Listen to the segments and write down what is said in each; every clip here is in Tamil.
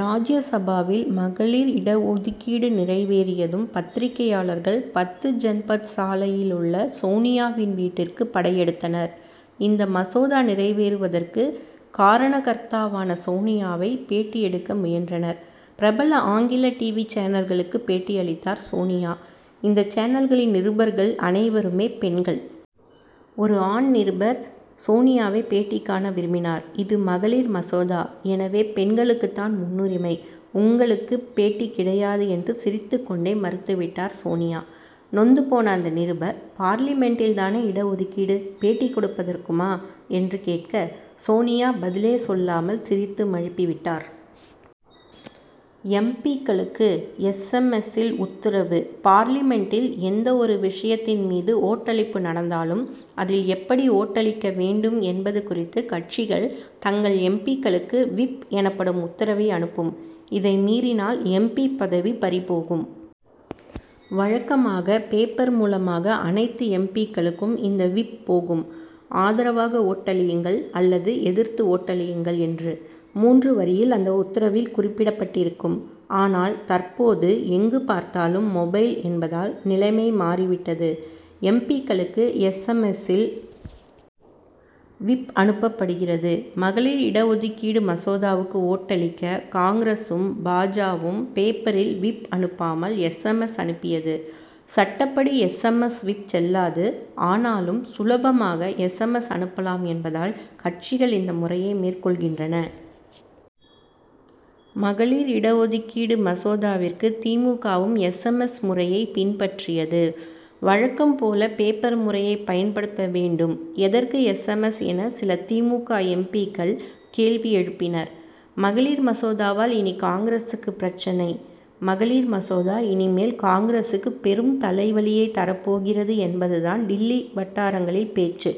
ராஜ்ய சபாவில் மகளிர் இட ஒதுக்கீடு மசோதா நிறைவேறியதும் பத்திரிகையாளர்கள் பத்து ஜன்பத் சாலையிலுள்ள சோனியாவின் வீட்டிற்கு படையெடுத்தனர். இந்த மசோதா நிறைவேறுவதற்கு காரணகர்த்தாவான சோனியாவை பேட்டி எடுக்க முயன்றனர். பிரபல ஆங்கில டிவி சேனல்களுக்கு பேட்டியளித்தார் சோனியா. இந்த சேனல்களின் நிருபர்கள் அனைவருமே பெண்கள். ஒரு ஆண் நிருபர் சோனியாவை பேட்டி காண விரும்பினார். இது மகளிர் மசோதா எனவே பெண்களுக்குத்தான் முன்னுரிமை உங்களுக்குப் பேட்டி கிடையாது என்று சிரித்துக் கொண்டே மறுத்துவிட்டார் சோனியா. நொந்து போன அந்த நிருபர் பார்லிமென்டில்தானே இட ஒதுக்கீடு பேட்டி கொடுப்பதற்குமா? என்று கேட்க சோனியா பதிலே சொல்லாமல் சிரித்து மழுப்பி விட்டார். எம். பி.க்களுக்கு எஸ். எம். எஸ்.சில் உத்தரவு பார்லிமென்டில் எந்த ஒரு விஷயத்தின் மீது ஓட்டளிப்பு நடந்தாலும் அதில் எப்படி ஓட்டளிக்க வேண்டும் என்பது குறித்து கட்சிகள் தங்கள் எம். பி.க்களுக்கு விப் எனப்படும் உத்தரவை அனுப்பும். இதை மீறினால் எம். பி. பதவி பறிபோகும். வழக்கமாக பேப்பர் மூலமாக அனைத்து எம். பி.க்களுக்கும் இந்த விப் போகும். ஆதரவாக ஓட்டளியுங்கள் அல்லது எதிர்த்து ஓட்டளியுங்கள் என்று மூன்று வரியில் அந்த உத்தரவில் குறிப்பிடப்பட்டிருக்கும். ஆனால் தற்போது எங்கு பார்த்தாலும் மொபைல் என்பதால் நிலைமை மாறிவிட்டது. எம். பி.க்களுக்கு எஸ். எம். எஸ்.சில் விப் அனுப்பப்படுகிறது. மகளிர் இடஒதுக்கீடு மசோதாவுக்கு ஓட்டளிக்க காங்கிரசும் பா. ஜ.வும் பேப்பரில் விப் அனுப்பாமல் எஸ். எம். எஸ். அனுப்பியது. சட்டப்படி எஸ். எம். எஸ். விப் செல்லாது. ஆனாலும் சுலபமாக எஸ். எம். எஸ். அனுப்பலாம் என்பதால் கட்சிகள் இந்த முறையை மேற்கொள்கின்றன. மகளிர் இட ஒதுக்கீடு விவகாரத்தில் தி. மு. க.வும் எஸ். எம். எஸ். முறையை பின்பற்றியது. வழக்கம் போல பேப்பர் முறையை பயன்படுத்த வேண்டும் எதற்கு எஸ். எம். எஸ். என சில தி. மு. க. எம். பி.க்கள் கேள்வி எழுப்பினர். மகளிர் மசோதாவால் இனி காங்கிரசுக்கு பிரச்னை மகளிர் மசோதா இனிமேல் காங்கிரசுக்கு பெரும் தலைவலியை தரப்போகிறது என்பதுதான் டில்லி வட்டாரங்களில் பேச்சு.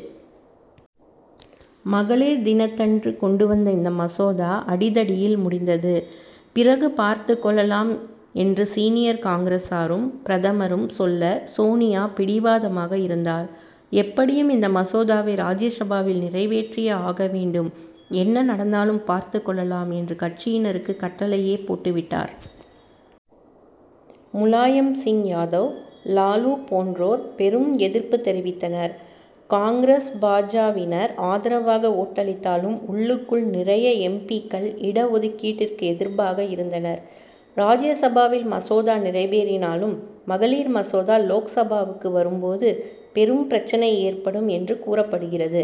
மகளிர் தினத்தன்று கொண்டு வந்த இந்த மசோதா அடிதடியில் முடிந்தது. பிறகு பார்த்துக் கொள்ளலாம் என்று சீனியர் காங்கிரசாரும் பிரதமரும் சொல்ல சோனியா பிடிவாதமாக இருந்தார். எப்படியும் இந்த மசோதாவை ராஜ்யசபாவில் நிறைவேற்றியே ஆக வேண்டும். என்ன நடந்தாலும் பார்த்துக் கொள்ளலாம் என்று கட்சியினருக்கு கட்டளையே போட்டுவிட்டார். முலாயம் சிங் யாதவ் லாலு போன்றோர் பெரும் எதிர்ப்பு தெரிவித்தனர். காங்கிரஸ் பா. ஜ.வினர் ஆதரவாக ஓட்டளித்தாலும் உள்ளுக்குள் நிறைய எம். பி.க்கள் இட ஒதுக்கீட்டிற்கு எதிர்ப்பாக இருந்தனர். ராஜ்ய சபாவில் மசோதா நிறைவேறினாலும் மகளிர் மசோதா லோக்சபாவுக்கு வரும் போது பெரும் பிரச்னை ஏற்படும் என்று கூறப்படுகிறது.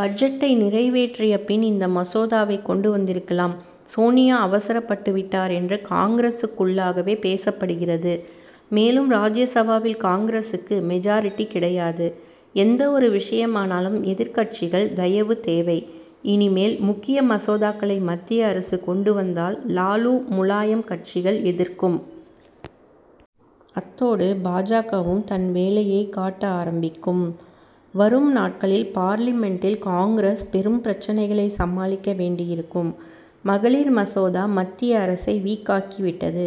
பட்ஜெட்டை நிறைவேற்றிய பின் இந்த மசோதாவை கொண்டு வந்திருக்கலாம். சோனியா அவசரப்பட்டு விட்டார் என்று காங்கிரசுக்குள்ளாகவே பேசப்படுகிறது. மேலும் ராஜ்யசபாவில் காங்கிரசுக்கு மெஜாரிடி கிடையாது. எந்த ஒரு விஷயமானாலும் எதிர்க்கட்சிகள் தயவு தேவை. இனிமேல் முக்கிய மசோதாக்களை மத்திய அரசு கொண்டு வந்தால் லாலு முலாயம் கட்சிகள் எதிர்க்கும். அத்தோடு பா. ஜ.வும் தன் வேலையைக் காட்ட ஆரம்பிக்கும். வரும் நாட்களில் பார்லிமென்டில் காங்கிரஸ் பெரும் பிரச்னைகளை சமாளிக்க வேண்டியிருக்கும். மகளிர் மசோதா மத்திய அரசை வீக் ஆக்கிவிட்டது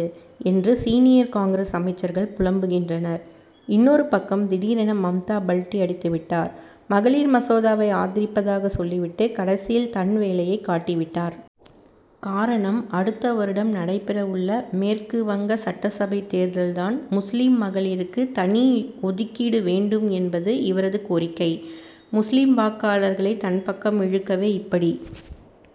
என்று சீனியர் காங்கிரஸ் அமைச்சர்கள் புலம்புகின்றனர். இன்னொரு பக்கம் திடீரென மம்தா பல்டி அடித்துவிட்டார். மகளிர் மசோதாவை ஆதரிப்பதாக சொல்லிவிட்டு கடைசியில் தன் வேலையைக் காட்டிவிட்டார். காரணம் அடுத்த வருடம் நடைபெற உள்ள மேற்கு வங்க சட்டசபை தேர்தல்தான். முஸ்லிம் மகளிருக்கு தனி ஒதுக்கீடு வேண்டும் என்பது இவரது கோரிக்கை. முஸ்லிம் வாக்காளர்களை தன் பக்கம் இழுக்கவே இப்படி.